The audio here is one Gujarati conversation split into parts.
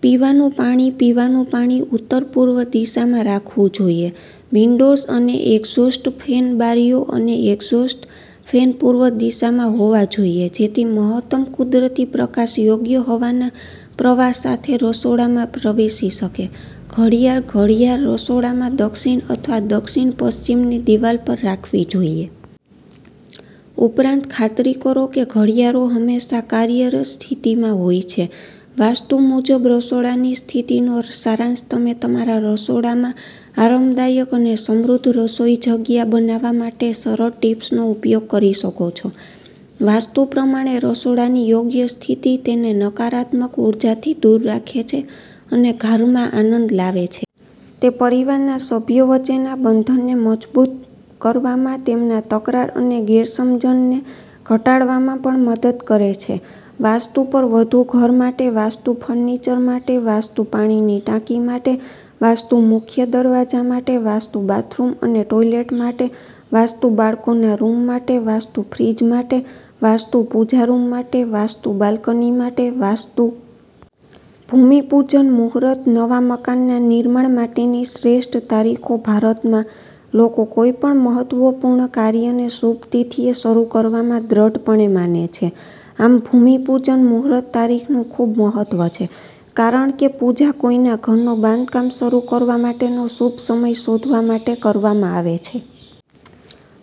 પીવાનું પાણીપીવાનું પાણી ઉત્તર પૂર્વ દિશામાં રાખવું જોઈએ. વિન્ડોઝ અને એક્ઝોસ્ટ ફેનબારીઓ અને એક્ઝોસ્ટ ફેન પૂર્વ દિશામાં હોવા જોઈએ જેથી મહત્તમ કુદરતી પ્રકાશ યોગ્ય હવાના પ્રવાહ સાથે રસોડામાં પ્રવેશી શકે. ઘડિયાળઘડિયાળ રસોડામાં દક્ષિણ અથવા દક્ષિણ પશ્ચિમની દિવાલ પર રાખવી જોઈએ. ઉપરાંત, ખાતરી કરો કે ઘડિયાળો હંમેશા કાર્યરત સ્થિતિમાં હોય છે. વાસ્તુ મુજબ રસોડાની સ્થિતિનો સારાંશ તમે તમારા રસોડામાં આરામદાયક અને સમૃદ્ધ રસોઈ જગ્યા બનાવવા માટેસરળ ટીપ્સનો ઉપયોગ કરી શકો છો. વાસ્તુ પ્રમાણે રસોડાની યોગ્ય સ્થિતિ તેને નકારાત્મક ઉર્જાથી દૂર રાખે છે અને ઘરમાં આનંદ લાવે છે. તે પરિવારના સભ્યો વચ્ચેના બંધનને મજબૂત કરવામાં, તેમના તકરાર અને ગેરસમજણને ઘટાડવામાં પણ મદદ કરે છે. વાસ્તુ પર વધુ ઘર માટે, વાસ્તુ ફર્નિચર માટે, વાસ્તુ પાણીની ટાંકી માટે, વાસ્તુ મુખ્ય દરવાજા માટે ,વાસ્તુ બાથરૂમ અને ટોયલેટ માટે, વાસ્તુ બાળકોના રૂમ માટે, વાસ્તુ ફ્રિજ માટે, વાસ્તુ પૂજા રૂમ માટે, વાસ્તુ બાલ્કની માટે, વાસ્તુ-- ભૂમિ પૂજન મુહૂર્ત નવા મકાનના નિર્માણ માટેની શ્રેષ્ઠ તારીખો ભારતમાં, લોકો કોઈ પણ મહત્વપૂર્ણ કાર્યને શુભ તિથિએ શરૂ કરવામાં દ્રઢપણે માને છે. આમ, ભૂમિપૂજન મુહૂર્ત તારીખનું ખૂબ મહત્વ છે કારણ કેપૂજા કોઈના ઘરનું બાંધકામ શરૂ કરવા માટેનો શુભ સમય શોધવા માટે કરવામાં આવે છે.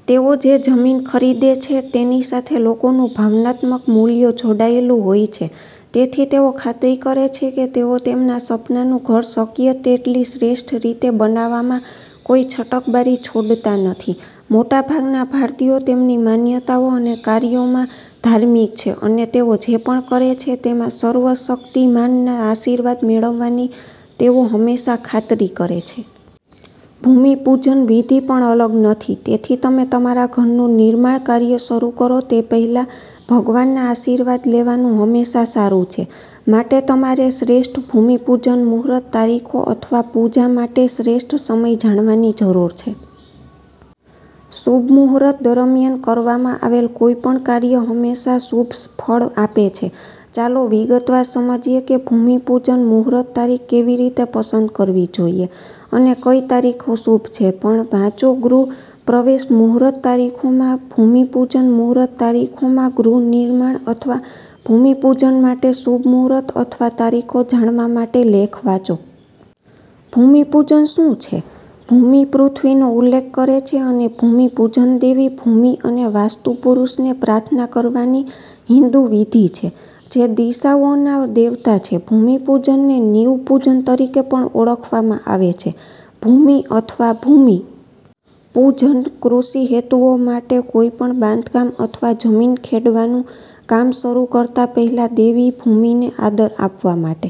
તેઓ જે જમીન ખરીદે છે તેની સાથે લોકોનું ભાવનાત્મક મૂલ્ય જોડાયેલું હોય છેતેથી, તેઓ ખાતરી કરે છે કે તેઓ તેમના સપનાનું ઘર શક્ય તેટલી શ્રેષ્ઠ રીતે બનાવવામાં કોઈ છટકબારી છોડતા નથી. મોટાભાગના ભારતીયો તેમની માન્યતાઓ અને કાર્યોમાં ધાર્મિક છે, અને તેઓ જે પણ કરે છે તેમાં સર્વશક્તિમાનના આશીર્વાદ મેળવવાની તેઓ હંમેશા ખાતરી કરે છે. ભૂમિપૂજન વિધિ પણ અલગ નથી. તેથી, તમે તમારા ઘરનું નિર્માણ કાર્ય શરૂ કરો તે પહેલાં, ભગવાનના આશીર્વાદ લેવાનું હંમેશા સારું છે. માટે, તમારે શ્રેષ્ઠ ભૂમિ પૂજન મુહૂર્ત તારીખો અથવાપૂજા માટે શ્રેષ્ઠ સમય જાણવાની જરૂર છે. શુભ મુહૂરત દરમિયાન કરવામાં આવેલ કોઈપણ કાર્ય હંમેશા શુભ ફળ આપે છે. ચાલો વિગતવાર સમજીએ કે ભૂમિ પૂજન મુહૂરત તારીખ કેવી રીતે પસંદ કરવી જોઈએ અને કઈ તારીખો શુભ છે. પણ વાંચોગૃહ પ્રવેશ મુહૂરત તારીખો માં ભૂમિ પૂજન મુહૂરત તારીખો માં ગૃહ નિર્માણ અથવા ભૂમિપૂજન માટે શુભ મુહૂરત અથવા તારીખો જાણવા માટે લેખ વાંચો. ભૂમિપૂજન શું છે? ભૂમિપૃથ્વીનો ઉલ્લેખ કરે છે, અને ભૂમિપૂજનદેવી ભૂમિ અને વાસ્તુ પુરૂષને પ્રાર્થના કરવાની હિંદુ વિધિ છે, જે દિશાઓના દેવતા છે. ભૂમિપૂજનને નીવ પૂજન તરીકે પણ ઓળખવામાં આવે છે. ભૂમિ અથવા ભૂમિ પૂજન કૃષિ હેતુઓ માટે કોઈપણ બાંધકામ અથવા જમીન ખેડવાનું કામ શરૂ કરતા પહેલા દેવી ભૂમિને આદર આપવા માટે